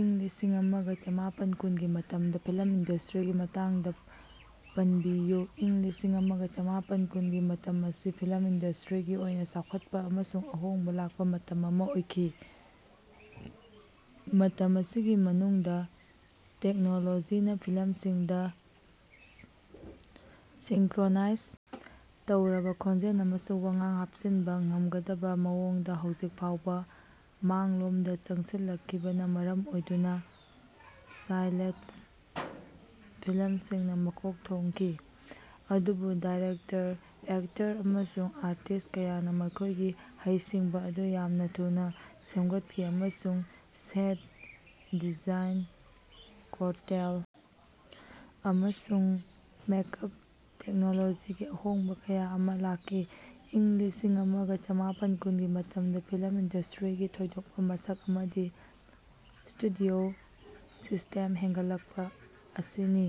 ꯏꯪ ꯂꯤꯁꯤꯡ ꯑꯃꯒ ꯆꯃꯥꯄꯟ ꯀꯨꯟꯒꯤ ꯃꯇꯝꯗ ꯐꯤꯂꯝ ꯏꯟꯗꯁ꯭ꯇꯔꯤꯒꯤ ꯃꯇꯥꯡꯗ ꯄꯟꯕꯤꯌꯨ꯫ ꯏꯪ ꯂꯤꯁꯤꯡ ꯑꯃꯒ ꯆꯃꯥꯄꯟ ꯀꯨꯟꯒꯤ ꯃꯇꯝ ꯑꯁꯤ ꯐꯤꯂꯝ ꯏꯟꯗꯁ꯭ꯇꯔꯤꯒꯤ ꯑꯣꯏꯅ ꯆꯥꯎꯈꯠꯄ ꯑꯃꯁꯨꯡ ꯑꯍꯣꯡꯕ ꯂꯥꯛꯄꯥ ꯃꯇꯝ ꯑꯃꯥ ꯑꯣꯏꯈꯤ꯫ ꯃꯇꯝ ꯑꯁꯤꯒꯤ ꯃꯅꯨꯡꯗꯥ ꯇꯦꯛꯅꯣꯂꯣꯖꯤꯅꯥ ꯐꯤꯂꯝꯁꯤꯡꯗ ꯁꯤꯡꯀꯔꯣꯅꯥꯏꯖ ꯇꯧꯔꯕꯥ ꯈꯣꯟꯖꯦꯜ ꯑꯃꯁꯨꯡ ꯋꯥꯉꯥꯡ ꯍꯥꯞꯆꯤꯟꯕꯥ ꯉꯝꯒꯗꯕꯥ ꯃꯑꯣꯡꯗꯥ ꯍꯧꯖꯤꯛ ꯐꯥꯎꯕ ꯃꯥꯡꯂꯣꯝꯗ ꯆꯪꯁꯤꯜꯂꯛꯈꯤꯗꯕꯅꯥ ꯃꯔꯝ ꯑꯣꯏꯗꯨꯅ ꯁꯥꯏꯂꯦꯟꯇ ꯐꯤꯂꯝꯁꯤꯡꯅꯥ ꯃꯀꯣꯛ ꯊꯣꯡꯈꯤ꯫ ꯑꯗꯨꯕꯨ ꯗꯥꯏꯔꯦꯛꯇꯔ, ꯑꯦꯛꯇꯔ ꯑꯃꯁꯨꯡ ꯑꯥꯔꯇꯤꯁ꯭ꯠ ꯀꯌꯥꯅꯥ ꯃꯈꯣꯏꯒꯤ ꯍꯩꯁꯤꯡꯕꯥ ꯑꯗꯨ ꯌꯥꯝꯅꯥ ꯊꯨꯅꯥ ꯁꯦꯝꯒꯠꯈꯤ, ꯑꯃꯁꯨꯡ ꯁꯦꯠ ꯗꯤꯖꯥꯏꯟ, ꯀꯣꯁ꯭ꯇꯦꯜ ꯑꯃꯁꯨꯡ ꯃꯦꯛꯑꯥꯞꯇꯥ ꯇꯦꯛꯅꯣꯂꯣꯖꯤꯒꯤ ꯑꯍꯣꯡꯕꯥ ꯀꯌꯥ ꯑꯃꯥ ꯂꯥꯛꯈꯤ꯫ ꯏꯪ ꯂꯤꯁꯤꯡ ꯑꯃꯒ ꯆꯃꯥꯄꯟ ꯀꯨꯟꯒꯤ ꯃꯇꯝꯗ ꯐꯤꯂꯝ ꯏꯟꯗꯁ꯭ꯇꯔꯤꯒꯤ ꯊꯣꯏꯗꯣꯛꯄꯥ ꯃꯁꯛ ꯑꯃꯗꯤ ꯁ꯭ꯇꯨꯗꯤꯑꯣ ꯁꯤꯁ꯭ꯇꯦꯝ ꯍꯦꯟꯒꯠꯂꯛꯄꯥ ꯑꯁꯤꯅꯤ꯫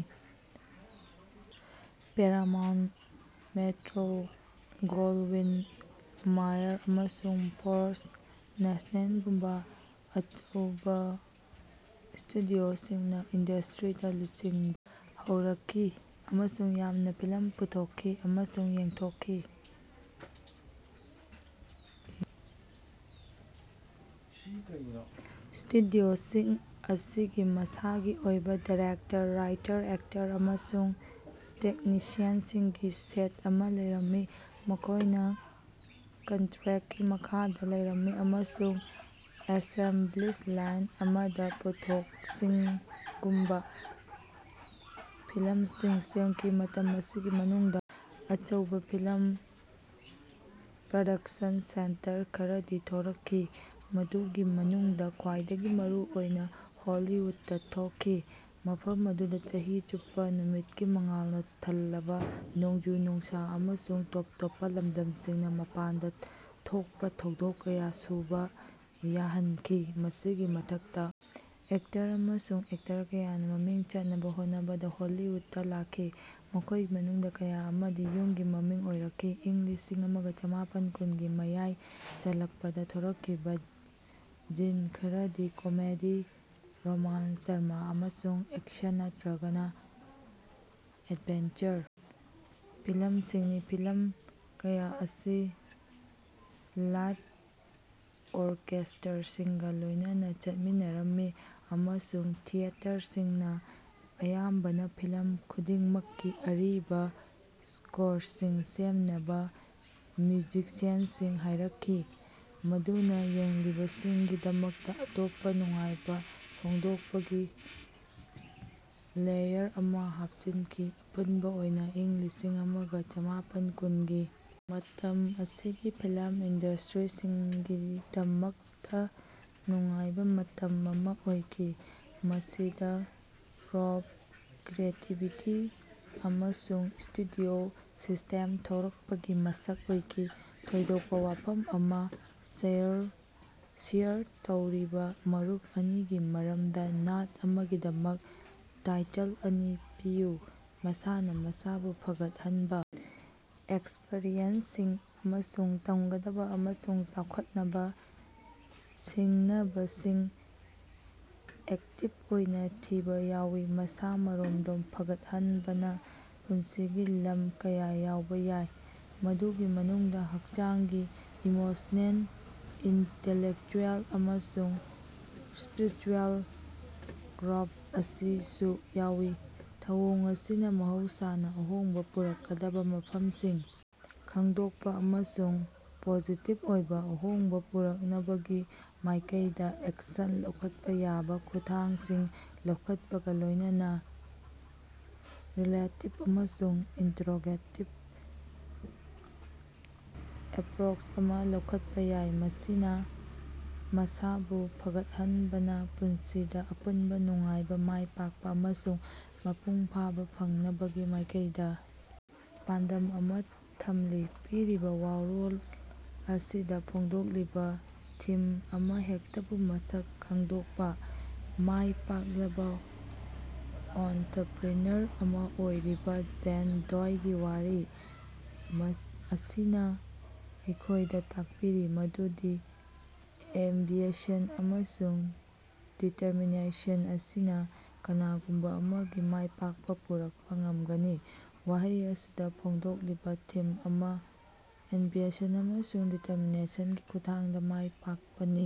ꯄꯦꯔꯥꯃꯥꯎꯟꯠ, ꯃ‌ꯦꯇꯔ‌ꯣ ꯒ‌ꯣꯜꯋꯤꯟ ꯃꯌꯔ ꯑꯃꯁꯨꯡ ꯐꯥꯔꯁ꯭ꯠ ꯅꯦꯁ꯭ꯅꯦꯜꯒꯨꯝꯕ ꯑꯆꯧꯕ ꯁ꯭ꯇꯨꯗꯤꯑꯣꯁꯤꯡꯅ ꯏꯟꯗꯁ꯭ꯇꯔꯤꯗꯥ ꯂꯨꯆꯤꯡ ꯍꯧꯔꯛꯈꯤ, ꯑꯃꯁꯨꯡ ꯌꯥꯝꯅ ꯐꯤꯂꯝ ꯄꯨꯊꯣꯛꯈꯤ ꯑꯃꯁꯨꯡ ꯌꯦꯟꯊꯣꯛꯈꯤ꯫ ꯁ꯭ꯇꯨꯗꯤꯑꯣꯁꯤꯡ ꯑꯁꯤꯒꯤ ꯃꯁꯥꯒꯤ ꯑꯣꯏꯕꯥ ꯗꯥꯏꯔꯦꯛꯇꯔ, ꯔꯥꯏꯇꯔ, ꯑꯦꯛꯇꯔ ꯑꯃꯁꯨꯡ ꯇꯦꯛꯅꯤꯁꯤꯌꯟꯁꯤꯡꯒꯤ ꯁꯦꯠ ꯑꯃꯥ ꯂꯩꯔꯝꯃꯤ ꯃꯈꯣꯏꯅꯥ ꯀꯟꯇꯔꯦꯛꯀꯤ ꯃꯈꯥꯗꯥ ꯂꯩꯔꯝꯃꯤ ꯑꯃꯁꯨꯡ ꯑꯦꯁꯦꯝꯕꯂꯤ ꯂꯥꯏꯟ ꯑꯃꯗꯥ ꯄꯣꯠꯊꯣꯛꯁꯤꯡꯒꯨꯝꯕ ꯐꯤꯂꯝꯁꯤꯡ ꯁꯦꯝꯈꯤ꯫ ꯃꯇꯝ ꯑꯁꯤꯒꯤ ꯃꯅꯨꯡꯗꯥ ꯑꯆꯧꯕꯥ ꯐꯤꯂꯝ ꯄ꯭ꯔꯗꯛꯁꯟ ꯁꯦꯟꯇꯔ ꯈꯔꯗꯤ ꯊꯣꯔꯛꯈꯤ, ꯃꯗꯨꯒꯤ ꯃꯅꯨꯡꯗ ꯈ꯭ꯋꯥꯏꯗꯒꯤ ꯃꯔꯨ ꯑꯣꯏꯅꯥ ꯍꯣꯂꯤꯋꯨꯗꯇꯥ ꯊꯣꯛꯈꯤ, ꯃꯐꯝ ꯑꯗꯨꯗꯥ ꯆꯍꯤ ꯆꯨꯞꯄꯥ ꯅꯨꯃꯤꯠꯀꯤ ꯃꯉꯥꯜꯅꯥ ꯊꯜꯂꯕꯥ ꯅꯣꯡꯖꯨ-ꯅꯨꯡꯁꯥ ꯑꯃꯁꯨꯡ ꯇꯣꯞ ꯇꯣꯞꯄꯥ ꯂꯝꯗꯝꯁꯤꯡꯅꯥ ꯃꯄꯥꯟꯗꯥ ꯊꯣꯛꯄꯥ ꯊꯧꯗꯣꯛ ꯀꯌꯥ ꯁꯨꯕꯥ ꯌꯥꯍꯟꯈꯤ꯫ ꯃꯁꯤꯒꯤ ꯃꯊꯛꯇꯥ, ꯑꯦꯛꯇꯔ ꯑꯃꯁꯨꯡ ꯑꯦꯛꯇꯔ ꯀꯌꯥꯅꯥ ꯃꯃꯤꯡ ꯆꯠꯅꯕ ꯍꯣꯠꯅꯕꯗ ꯍꯣꯂꯤꯋꯨꯗꯇꯥ ꯂꯥꯛꯈꯤ, ꯃꯈꯣꯏꯒꯤ ꯃꯅꯨꯡꯗ ꯀꯌꯥ ꯑꯃꯗꯤ ꯌꯨꯝꯒꯤ ꯃꯃꯤꯡ ꯑꯣꯏꯔꯛꯈꯤ꯫ ꯏꯪ ꯂꯤꯁꯤꯡ ꯑꯃꯒ ꯆꯃꯥꯄꯟ ꯀꯨꯟꯒꯤ ꯃꯌꯥꯏ ꯆꯜꯂꯛꯄꯗꯥ ꯊꯣꯔꯛꯈꯤꯕꯥ ꯖꯤꯟ ꯈꯔꯗꯤ ꯀꯃꯦꯗꯤ, ꯔꯣꯃꯥꯟꯁ, ꯗ꯭ꯔꯃꯥ, ꯑꯃꯁꯨꯡ ꯑꯦꯛꯁꯟ ꯅꯠꯇꯔꯒ ꯑꯦꯗꯚꯦꯟꯆꯔ ꯐꯤꯂꯝꯁꯤꯡꯅꯤ꯫ ꯐꯤꯂꯝ ꯀꯌꯥ ꯑꯁꯤ ꯂꯥꯏꯐ ꯑꯣꯔꯀꯦꯁ꯭ꯇꯔꯥꯁꯤꯡꯒꯥ ꯂꯣꯏꯅꯅꯥ ꯆꯠꯃꯤꯟꯅꯔꯝꯃꯤ, ꯑꯃꯁꯨꯡ ꯊꯤꯌꯦꯇꯔꯁꯤꯡꯅꯥ ꯑꯌꯥꯝꯕꯅ ꯐꯤꯂꯝ ꯈꯨꯗꯤꯡꯃꯛꯀꯤ ꯑꯔꯤꯕꯥ ꯁ꯭ꯀꯣꯔꯁꯤꯡ ꯁꯦꯝꯅꯕ ꯃ꯭ꯌꯨꯖꯤꯁꯤꯌꯥꯟꯁꯤꯡ ꯍꯥꯏꯔꯛꯈꯤ, ꯃꯗꯨꯅꯥ ꯌꯦꯡꯂꯤꯕꯁꯤꯡꯒꯤꯗꯃꯛꯇ ꯑꯇꯣꯞꯄ ꯅꯨꯡꯉꯥꯏꯕ ꯐꯣꯡꯗꯣꯛꯄꯒꯤ ꯂꯦꯌꯔ ꯑꯃꯥ ꯍꯥꯞꯆꯤꯟꯈꯤ꯫ ꯑꯄꯨꯟꯕ ꯑꯣꯏꯅꯥ, ꯏꯪ ꯂꯤꯁꯤꯡ ꯑꯃꯒ ꯆꯃꯥꯄꯟ ꯀꯨꯟꯒꯤ ꯃꯇꯝ ꯑꯁꯤ ꯐꯤꯂꯝ ꯏꯟꯗꯁ꯭ꯇꯔꯤꯒꯤꯗꯃꯛꯇ ꯅꯨꯡꯉꯥꯏꯕꯥ ꯃꯇꯝ ꯑꯃꯥ ꯑꯣꯏꯈꯤ, ꯃꯁꯤꯗꯥ ꯒ꯭ꯔꯣꯊ, ꯀ꯭ꯔꯤꯌꯦꯇꯤꯕꯤꯇꯤ ꯑꯃꯁꯨꯡ ꯁ꯭ꯇꯨꯗꯤꯑꯣ ꯁꯤꯁ꯭ꯇꯦꯝ ꯊꯣꯔꯛꯄꯒꯤ ꯃꯁꯛ ꯑꯣꯏꯈꯤ꯫ ꯊꯣꯏꯗꯣꯛꯄꯥ ꯋꯥꯐꯝ ꯑꯃꯥ ꯁꯦꯌꯔ ꯇꯧꯔꯤꯕꯥ ꯃꯔꯨꯞ ꯑꯅꯤꯒꯤ ꯃꯔꯃꯗꯥ ꯅꯥꯠ ꯑꯃꯒꯤꯗꯃꯛ ꯇꯥꯏꯇꯜ ꯑꯅꯤ ꯄꯤꯌꯨ꯫ ꯃꯁꯥꯅꯥ ꯃꯁꯥꯕꯨ ꯐꯒꯠꯍꯟꯕ ꯑꯦꯛꯁꯄꯔꯤꯌꯦꯟꯁꯁꯤꯡ ꯑꯃꯁꯨꯡ ꯇꯝꯒꯗꯕ ꯑꯃꯁꯨꯡ ꯆꯥꯎꯈꯠꯅꯕ ꯁꯤꯡꯅꯕꯁꯤꯡ ꯑꯦꯛꯇꯤꯕ ꯑꯣꯏꯅ ꯊꯤꯕ ꯌꯥꯎꯏ꯫ ꯃꯁꯥ-ꯃꯔꯣꯝꯗꯣꯝ ꯐꯒꯠꯍꯟꯕꯅ ꯄꯨꯟꯁꯤꯒꯤ ꯂꯝ ꯀꯌꯥ ꯌꯥꯎꯕꯥ ꯌꯥꯏ, ꯃꯗꯨꯒꯤ ꯃꯅꯨꯡꯗ ꯍꯛꯆꯥꯡꯒꯤ, ꯏꯃꯣꯁꯅꯦꯜ, ꯏꯟꯇꯦꯂꯦꯛꯆꯨꯑꯦꯜ ꯑꯃꯁꯨꯡ ꯁ꯭ꯄꯤꯔꯤꯆꯨꯑꯦꯜ ꯒ꯭ꯔꯣꯊ ꯑꯁꯤꯁꯨ ꯌꯥꯎꯏ꯫ ꯊꯧꯑꯣꯡ ꯑꯁꯤꯅꯥ ꯃꯍꯧꯁꯥꯅꯥ ꯑꯍꯣꯡꯕꯥ ꯄꯨꯔꯛꯀꯗꯕꯥ ꯃꯐꯝꯁꯤꯡ ꯈꯪꯗꯣꯛꯄꯥ ꯑꯃꯁꯨꯡ ꯄꯣꯖꯤꯇꯤꯕ ꯑꯣꯏꯕ ꯑꯍꯣꯡꯕ ꯄꯨꯔꯛꯅꯕꯒꯤ ꯃꯥꯏꯀꯩꯗꯥ ꯑꯦꯛꯁꯟ ꯂꯧꯈꯠꯄ ꯌꯥꯕ ꯈꯣꯡꯊꯥꯡꯁꯤꯡ ꯂꯧꯈꯠꯄꯒ ꯂꯣꯏꯅꯅꯥ ꯔꯤꯐ꯭ꯂꯦꯛꯇꯤꯕ ꯑꯃꯁꯨꯡ ꯏꯟꯇꯔꯣꯁ꯭ꯄꯦꯛꯇꯤꯕ ꯑꯦꯄꯔꯣꯆ ꯑꯃꯥ ꯂꯧꯈꯠꯄ ꯌꯥꯎꯏ꯫ ꯃꯁꯥꯅꯥ ꯃꯁꯥꯕꯨ ꯐꯒꯠꯍꯟꯕꯅꯥ ꯄꯨꯟꯁꯤꯗꯥ ꯑꯄꯨꯟꯕ ꯅꯨꯡꯉꯥꯏꯕꯥ, ꯃꯥꯏ ꯄꯥꯛꯄꯥ ꯑꯃꯁꯨꯡ ꯃꯄꯨꯡ ꯐꯥꯕꯥ ꯐꯪꯅꯕꯒꯤ ꯃꯥꯏꯀꯩꯗꯥ ꯄꯥꯟꯗꯝ ꯊꯝꯂꯤ꯫ ꯄꯤꯔꯤꯕꯥ ꯋꯥꯔꯣꯜ ꯑꯗꯨꯗ ꯐꯣꯡꯗꯣꯛꯂꯤꯕꯥ ꯊꯤꯝ ꯑꯃꯍꯦꯛꯇꯕꯨ ꯃꯁꯛ ꯈꯪꯗꯣꯛꯄꯥ꯫ ꯃꯥꯏ ꯄꯥꯛꯂꯕꯥ ꯑꯣꯟꯇꯔꯄꯔꯤꯅꯔ ꯑꯃꯥ ꯑꯣꯏꯔꯤꯕꯥ ꯖꯦꯟ ꯗꯣꯏꯒꯤ ꯋꯥꯔꯤ ꯑꯁꯤꯅ ꯑꯩꯈꯣꯏꯗ ꯇꯥꯛꯄꯤꯔꯤ ꯃꯗꯨꯗꯤ ꯑꯦꯝꯕꯤꯁꯟ ꯑꯃꯁꯨꯡ ꯗꯤꯇꯔꯃꯤꯅꯦꯁꯟ ꯑꯁꯤꯅ ꯀꯅꯥꯒꯨꯝꯕ ꯑꯃꯒꯤ ꯃꯥꯏꯄꯥꯛꯄ ꯄꯨꯔꯛꯄ ꯉꯝꯒꯅꯤ꯫ ꯋꯥꯍꯩ ꯑꯁꯤꯗ ꯐꯣꯡꯗꯣꯛꯂꯤꯕꯥ ꯊꯤꯝ ꯑꯁꯤ ꯑꯦꯝꯕꯤꯁꯟ ꯑꯃꯁꯨꯡ ꯗꯤꯇꯔꯃꯤꯅꯦꯁꯟꯒꯤ ꯈꯨꯠꯊꯥꯡꯗ ꯃꯥꯏ ꯄꯥꯛꯄꯅꯤ꯫